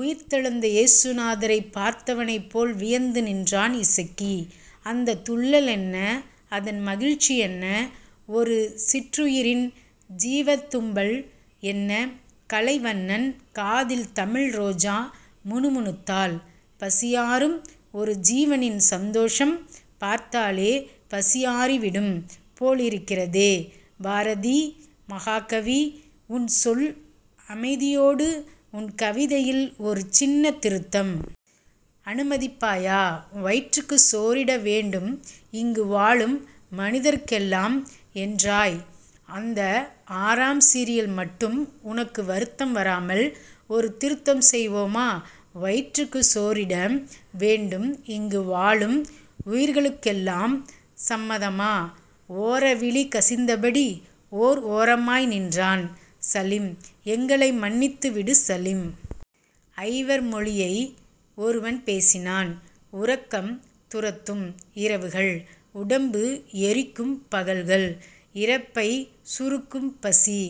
உயிர்த்தெழுந்த ஏசுநாதரைப் பார்த்தவனைப்போல் வியந்து நின்றான் இசக்கி. அந்தத் துள்ளலென்ன. அதன் மகிழ்ச்சியென்ன. ஒரு சிற்றுயிரின் ஜீவதும்பல் என்ன. கலைவண்ணன் காதில் தமிழ்ரோஜா முணுமுணுத்தாள். பசியாறும் ஒரு ஜீவனின் சந்தோஷம் பார்த்தாலே பசியாறிவிடும் போலிருக்கிறதே. பாரதீ. மகாகவி. உன் சொல் அமைதியோடு உன் கவிதையில் ஒரு சின்னத் திருத்தம். அனுமதிப்பாயா? வயிற்றுக்குச் சோறிட வேண்டும் இங்கு வாழும் மனிதருக்கெல்லாம் என்றாய். அந்த ஆறாம் சீரில் மட்டும் உனக்கு வருத்தம் வராமல் ஒரு திருத்தம் செய்வோமா? வயிற்றுக்குச் சோறிட வேண்டும் இங்கு வாழும் உயிர்களுக்கெல்லாம். சம்மதமா? ஓர விழி கசிந்தபடி ஓர் ஓரமாய் நின்றான் சலிம். எங்களை மன்னித்துவிடு சலிம். ஐவர் மொழியை ஒருவன் பேசினான். உறக்கம் துரத்தும் இரவுகள். உடம்பு எரிக்கும் பகல்கள். இரைப்பை சுருக்கும் பசி.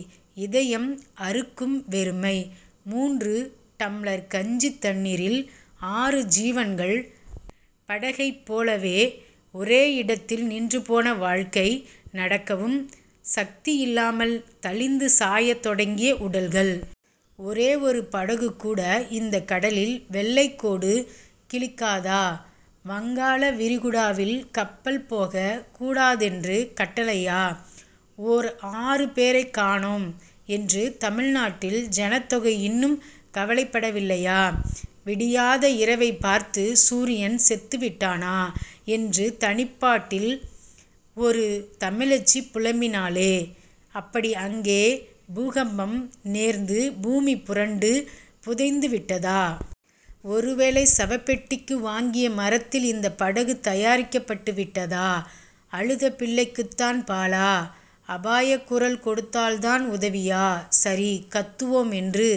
இதயம் அறுக்கும் வெறுமை. முன்று டம்ளர் கஞ்சித் தண்ணீரில் ஆறு ஜீவன்கள். படகைப் போலவே ஒரே இடத்தில் நின்றுபோன வாழ்க்கை. நடக்கவும் சக்தியில்லாமல் தலிந்து சாயத் தொடங்கிய உடல்கள். ஒரே ஒரு படகுகூட இந்தக் கடலில் வெள்ளைக்கோடு கிழிக்காதா? வங்காள விரிகுடாவில் கப்பல் போகக் கூடாதென்று கட்டளையா? ஓர் ஆறு பேரைக் காணோம் என்று தமிழ்நாட்டில் ஜனத்தொகை இன்னும் கவலைப்படவில்லையா? விடியாத இரவைப் பார்த்து சூரியன் செத்துவிட்டானா? என்று தனிப்பாட்டில் ஒரு தமிழச்சி புலம்பினாளே. அப்படி அங்கே பூகம்பம் நேர்ந்து பூமி புரண்டு புதைந்துவிட்டதா? ஒருவேளை சவப்பெட்டிக்கு வாங்கிய மரத்தில் இந்தப் படகு தயாரிக்கப்பட்டுவிட்டதா? அழுத பிள்ளைக்குத்தான் பாலா? அபாயக்குரல் கொடுத்தால்தான் உதவியா? சரி. கத்துவோம்என்று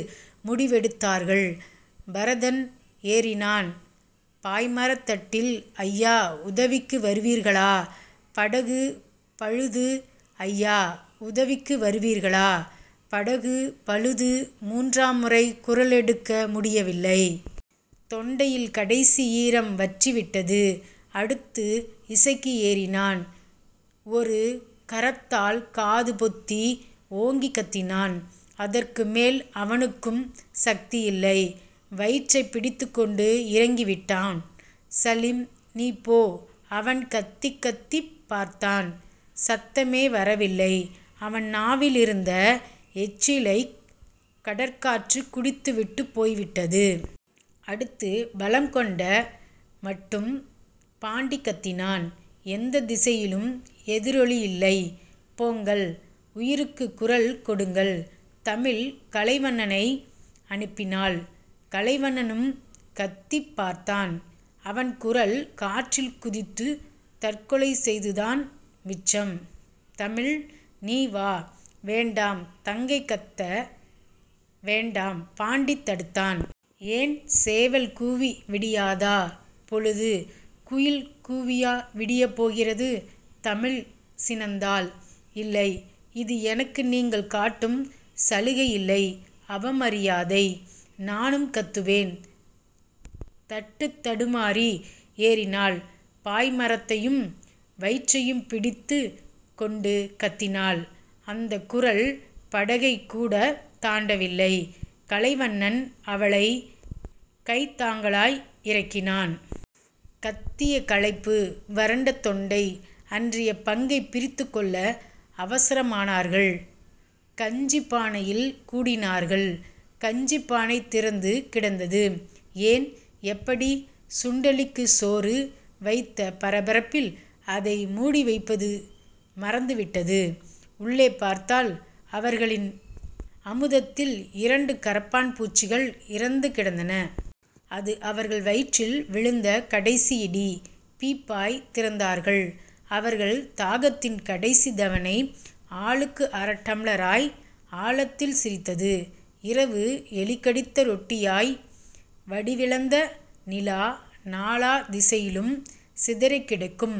முடிவெடுத்தார்கள். பரதன் ஏறினான் பாய்மரத் தட்டில். அய்யா உதவிக்கு வருவீர்களா? படகு பழுது. அய்யா உதவிக்கு வருவீர்களா? படகு பழுது. முன்றாம் முறை குரலெடுக்க முடியவில்லை. தொண்டையில் கடைசி ஈரம் வற்றிவிட்டது. அடுத்து இசக்கி ஏறினான். ஒரு கரத்தால் காதுபொத்தி ஓங்கிக் கத்தினான். அதற்குமேல் அவனுக்கும் சக்தி இல்லை. வயிற்றைப் பிடித்துக் கொண்டு இறங்கிவிட்டான். சலிம். நீ போ அவன் கத்திக் கத்திப் பார்த்தான். சத்தமே வரவில்லை. அவன் நாவிலிருந்த எச்சிலைக் கடற்காற்று குடித்துவிட்டுப் போய்விட்டது. அடுத்து பலங்கொண்ட மட்டும் பாண்டி கத்தினான். எந்தத் திசையிலும் எதிரொலியில்லை. போங்கள். உயிருக்கு குரல் கொடுங்கள் தமிழ் கலைவண்ணனை அனுப்பினாள். கலைவண்ணனும் கத்திப் பார்த்தான். அவன் குரல் காற்றில் குதித்துத் தற்கொலை செய்துதான் மிச்சம். தமிழ். நீ வா. வேண்டாம். தங்கை கத்த வேண்டாம் பாண்டி தடுத்தான். ஏன்? சேவல் கூவி விடியாத பொழுது குயில் கூவியா விடியப் போகிறது? தமிழ் சினந்தாள். இல்லை. இது எனக்கு நீங்கள் காட்டும் சலுகையில்லை. அவமரியாதை. நானும் கத்துவேன். தட்டுத் தடுமாறி ஏறினாள். பாய்மரத்தையும் வயிற்றையும் பிடித்துக் கொண்டு கத்தினாள். அந்தக் குரல் படகைக்கூடத் தாண்டவில்லை. கலைவண்ணன் அவளைக் கைத்தாங்கலாய் இறக்கினான். கத்திய களைப்பு. வறண்ட தொண்டை. அன்றைய பங்கைப் பிரித்துக் கொள்ள அவசரமானார்கள். கஞ்சிப் பானையில் கூடினார்கள். கஞ்சிப் பானை திறந்து கிடந்தது. ஏன்? எப்படி? சுண்டெலிக்குச் சோறு வைத்த பரபரப்பில் அதை முடிவைப்பது மறந்துவிட்டது. உள்ளே பார்த்தால் அவர்களின் அமுதத்தில் இரண்டு கரப்பான் பூச்சிகள் இறந்துகிடந்தன. அது அவர்கள் வயிற்றில் விழுந்த கடைசி இடி. பீப்பாய் திறந்தார்கள். அவர்கள் தாகத்தின் கடைசித் தவணை ஆளுக்கு அர டம்ளராய் ஆழத்தில் சிரித்தது. இரவு. எலிகடித்த ரொட்டியாய் வடிவிழந்த நிலா. நாலா திசையிலும் சிதறிக்கிடக்கும்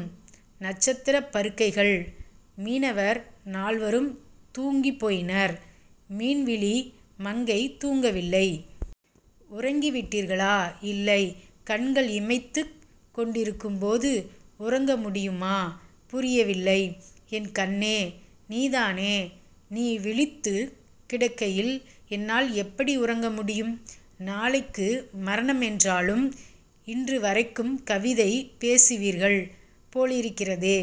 நட்சத்திரப் பருக்கைகள். மீனவர் நால்வரும் தூங்கிப் போயினர். மீன்விழி மங்கை தூங்கவில்லை. உறங்கிவிட்டீர்களா? இல்லை. கண்கள் இமைத்துக் கொண்டிருக்கும்போது உறங்க முடியுமா? புரியவில்லை. என் கண்ணே நீதானே. நீ விழித்துக் கிடக்கையில் என்னால் எப்படி உறங்க முடியும்? நாளைக்கு மரணமென்றாலும் இன்றுவரைக்கும் கவிதை பேசுவீர்கள் போலிருக்கிறதே.